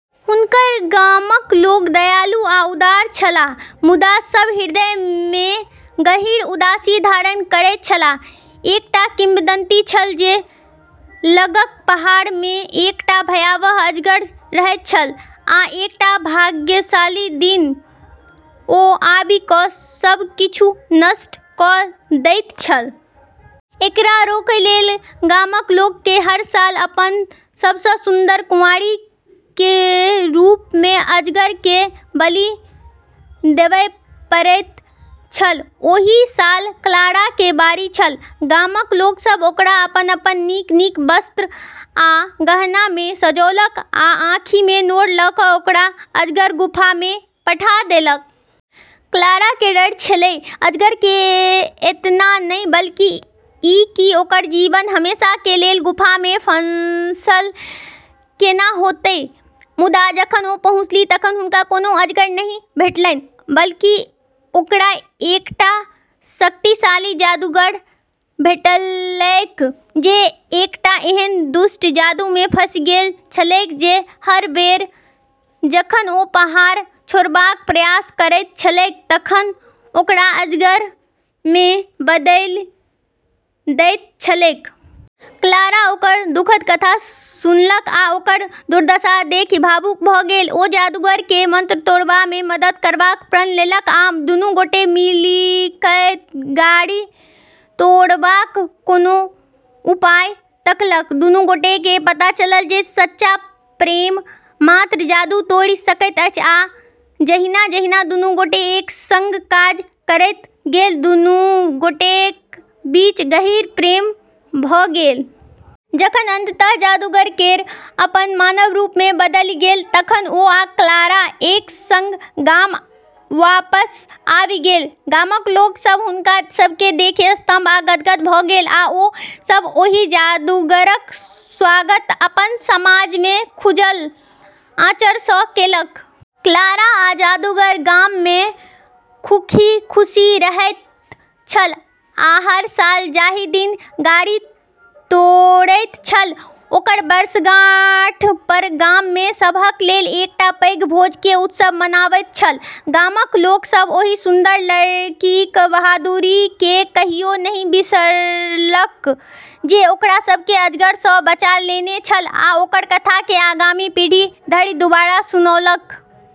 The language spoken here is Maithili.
हुनकर गामक लोक दयालु आ उदार छलाह, मुदा सब हृदय मे गहींर उदासी धारण करैत छलाह। एकटा किंवदंती छल जे लगक पहाड़ मे एकटा भयावह अजगर रहैत छल, आ एकटा भाग्यशाली दिन, ओ आबि कऽ सब किछु नष्ट कऽ दैत छल । एकरा रोकय लेल गामक लोक के हर साल अपन सबसँ सुन्दर कुमारि के रूप मे अजगर के बलि देबय पड़ैत छल ओहि साल क्लारा के बारी छल। गामक लोक सभ ओकरा अपन-अपन नीक-नीक वस्त्र आ गहना मे सजौलक आ आँखि मे नोर लऽ कऽ ओकरा अजगरक गुफा मे पठा देलक। क्लारा के डर छेलै, अजगर के एतना नै, बल्कि ई कि ओकरऽ जीवन हमेशा के लेलऽ गुफा में फंसलऽ केना होतै। मुदा जखन ओ पहुँचलीह तखन हुनका कोनो अजगर नहि भेटलनि। बल्कि ओकरा एकटा शक्तिशाली जादूगर भेटलैक, जे एकटा एहन दुष्ट जादू मे फँसि गेल छलैक जे हर बेर जखन ओ पहाड़ छोड़बाक प्रयास करैत छलैक तखन ओकरा अजगर मे बदलि दैत छलैक। क्लारा ओकर दुखद कथा सुनलक आ ओकर दुर्दशा देखि भावुक भऽ गेल। ओ जादूगर केँ मंत्र तोड़बा मे मदद करबाक प्रण लेलक आ दुनू गोटे मिलिकय गारि तोड़बाक कोनो उपाय तकलक। दुनू गोटेकेँ पता चलल जे सच्चा प्रेम मात्र जादू तोड़ि सकैत अछि, आ जहिना-जहिना दुनू गोटे एक संग काज करैत गेल, दुनू गोटेक बीच गहींर प्रेम भऽ गेल। जखन अंततः जादूगर फेर अपन मानव रूप मे बदलि गेल तखन ओ आ क्लारा एक संग गाम वापस आबि गेल। गामक लोक सभ हुनका सभकेँ देखि स्तब्ध आ गदगद भऽ गेल, आ ओ सभ ओहि जादूगरक स्वागत अपन समाजमे खुजल आँचरसँ केलक। क्लारा आ जादूगर गाम मे खुखी-खुशी रहैत छल, आ हर साल, जाहि दिन गारि तोड़ैत छल, ओकर वर्षगांठ पर गाम मे सबहक लेल एकटा पैघ भोज के उत्सव मनाबैत छल। गामक लोक सभ ओहि सुन्दर लड़कीक बहादुरी केँ कहियो नहि बिसरलक जे ओकरा सभ केँ अजगर सँ बचा लेने छल, आ ओकर कथा केँ आगामी पीढ़ी धरि दोबारा सुनौलक।